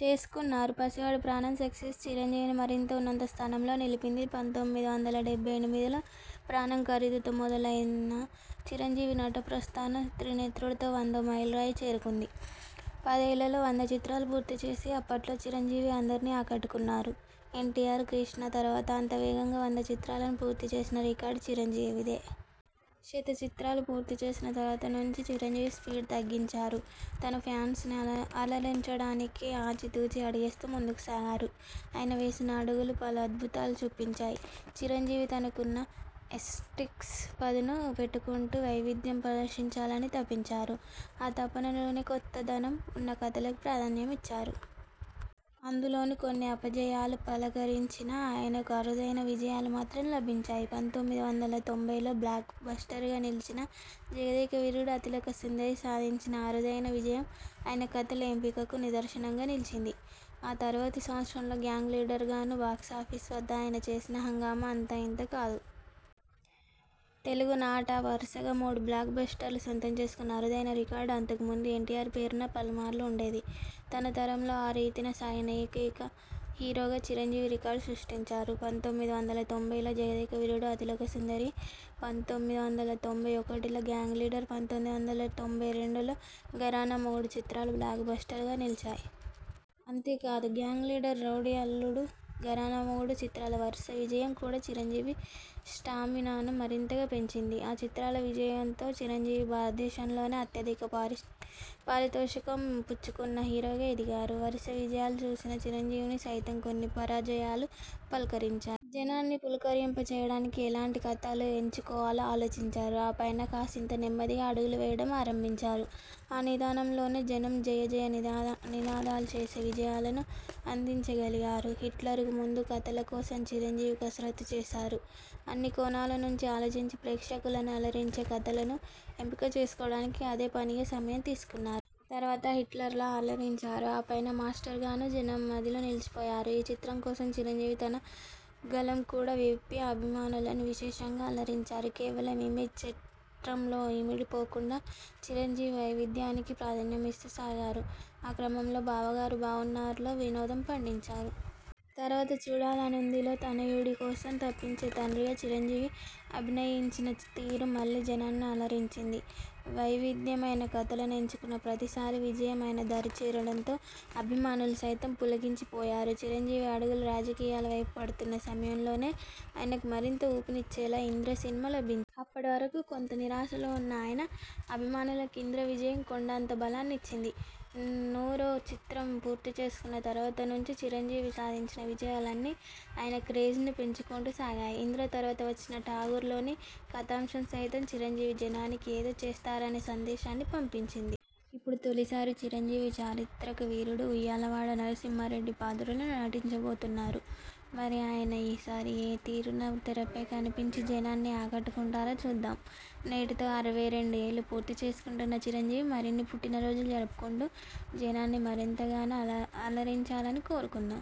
చేసుకున్నారు. 'పసివాడి ప్రాణం' సక్సెస్ చిరంజీవిని మరింత ఉన్నత స్థానంలో నిలిపింది. పంతొమ్మిది వందల డెబ్బై ఎనిమిదిలో 'ప్రాణం ఖరీదు'తో మొదలైన చిరంజీవి నటప్రస్థానం 'త్రినేత్రుడు'తో వందో మైలురాయి చేరుకుంది. పదేళ్ళలో వంద చిత్రాలు పూర్తి చేసి, అప్పట్లో చిరంజీవి అందరినీ ఆకట్టుకున్నారు. ఎన్టీఆర్, కృష్ణ తరువాత అంత వేగంగా వంద చిత్రాలను పూర్తి చేసిన రికార్డ్ చిరంజీవిదే. శత చిత్రాలు పూర్తి చేసిన తరువాత నుంచీ చిరంజీవి స్పీడు తగ్గించారు. తన ఫ్యాన్స్ను అలరించడానికి ఆచి తూచి అడుగేస్తూ ముందుకు సాగారు. ఆయన వేసిన అడుగులు పలు అధ్భుతాలు చూపించాయి. చిరంజీవి తనకున్న ఎస్సెట్స్కే పదును పెట్టుకుంటూ వైవిధ్యం ప్రదర్శించాలని తపించారు. ఆ తపన లోనే కొత్త దనం ఉన్న కథలకు ప్రాధాన్యమిచ్చారు. అందులోనూ కొన్ని అపజయాలు పలకరించినా, ఆయనకు అరుదైన విజయాలు మాత్రం లభించాయి. పంతొమ్మిది వందల తొంభైలో బ్లాక్ బస్టర్గా నిలచిన 'జగదేక వీరుడు, అతిలోక సుందరి' సాధించిన అరుదైన విజయం ఆయన కథల ఎంపికకు నిదర్శనంగా నిలచింది. ఆ తరువాతి సంవత్సరంలో 'గ్యాంగ్ లీడర్' గానూ బాక్సాఫీస్ వద్ద ఆయన చేసిన హంగామా అంతా ఇంతా కాదు. తెలుగునాట వరుసగా మూడు బ్లాక్ బస్టర్స్ సొంతం చేసుకున్న అరుదైన రికార్డు అంతకు ముందు ఎన్టీఆర్ పేరున పలుమార్లు ఉండేది. తన తరంలో ఆ రీతిన సాగిన ఏకైక హీరోగా చిరంజీవి రికార్డు సృష్టించారు. పంతొమ్మిది వందల తొంభైలో 'జగదేకవీరుడు, అతిలోకసుందరి', పంతొమ్మిది వందల తొంభై ఒకటిలో 'గ్యాంగ్ లీడర్', పంతొమ్మిది వందల తొంభై రెండులో 'ఘరానామొగుడు' చిత్రాలు బ్లాక్ బస్టర్స్గా నిలిచాయి. అంతేకాదు 'గ్యాంగ్ లీడర్, రౌడీ అల్లుడు, ఘరానా మొగుడు' చిత్రాల వరుస విజయం కూడా చిరంజీవి స్టామినాను మరింతగా పెంచింది. ఆ చిత్రాల విజయంతో చిరంజీవి భారతదేశం లోనే అత్యధిక పారితోషికం పుచ్చుకున్న హీరోగా ఎదిగారు. వరుస విజయాలు చూసిన చిరంజీవిని సైతం కొన్ని పరాజయాలు పలకరించాయి. జనాన్ని పులకరింప చేయడానికి ఎలాంటి కథలు ఎంచుకోవాలో ఆలోచించారు. ఆ పైన కాసింత నెమ్మదిగా అడుగులు వేయడం ఆరంభించారు. ఆ నిదానం లోనే జనం జయజయ నినాదాలు చేసే విజయాలను అందించగలిగారు. 'హిట్లర్'కు ముందు కథల కోసం చిరంజీవి కసరత్తు చేశారు. అన్ని కోణాల నుంచీ ఆలోచించి ప్రేక్షకులను అలరించే కథలను ఎంపిక చేసుకోవడానికి అదే పనిగా సమయం తీసుకున్నారు. తరువాత 'హిట్లర్'లా అలరించారు. ఆ పైన 'మాస్టర్'గానూ జనం మదిలో నిలచిపోయారు. ఈ చిత్రం కోసం చిరంజీవి తన గళం కూడా విప్పి అభిమానులను విశేషంగా అలరించారు. కేవలం ఇమేజ్ చట్రంలో ఇమిడి పోకుండా చిరంజీవి వైవిధ్యానికి ప్రాధాన్యమిస్తూ సాగారు. ఆ క్రమంలో 'బావగారూ బాగున్నారా'లో వినోదం పండించారు. తరువాత 'చూడాలనివుంది'లో తనయుడి కోసం తపించే తండ్రిగా చిరంజీవి అభినయించిన తీరు మళ్ళీ జనాన్ని అలరించింది. వై విధ్యమైన కథలను ఎంచుకున్న ప్రతీసారి విజయం ఆయన దరి చేరడంతో అభిమానులు సైతం పులకించి పోయారు. చిరంజీవి అడుగులు రాజకీయాల వైపు పడుతున్న సమయంలోనే ఆయనకు మరింత ఊపు నిచ్చేలా 'ఇంద్ర' సినిమా లభించింది. అప్పటి వరకు కొంత నిరాశలో ఉన్న ఆయన అభిమానులకు 'ఇంద్ర' విజయం కొండంత బలాన్నిచ్చింది. నూరో చిత్రం పూర్తి చేసుకున్న తరువాత నుంచీ చిరంజీవి సాధించిన విజయాలన్నీ ఆయన క్రేజ్ను పెంచుకుంటూ సాగాయి. 'ఇంద్ర' తరువాత వచ్చిన 'ఠాగూర్' లోని కథాంశం సైతం చిరంజీవి జనానికి ఏదో చేస్తారనే సందేశాన్ని పంపించింది. ఇప్పుడు తొలిసారి చిరంజీవి చారిత్రక వీరుడు 'ఉయ్యాలవాడ నరసింహారెడ్డి' పాత్రలో నటించబోతున్నారు. మరి ఆయన ఈ సారి ఏ తీరున తెరపై కనిపించి జనాన్ని ఆకట్టుకుంటారో చూద్దాం. నేటితో అరవై రెండు ఏళ్ళు పూర్తి చేసుకుంటున్న చిరంజీవి మరిన్ని పుట్టినరోజులు జరుపుకుంటూ, జనాన్ని మరెంతగానో అలరించాలని కోరుకుందాం.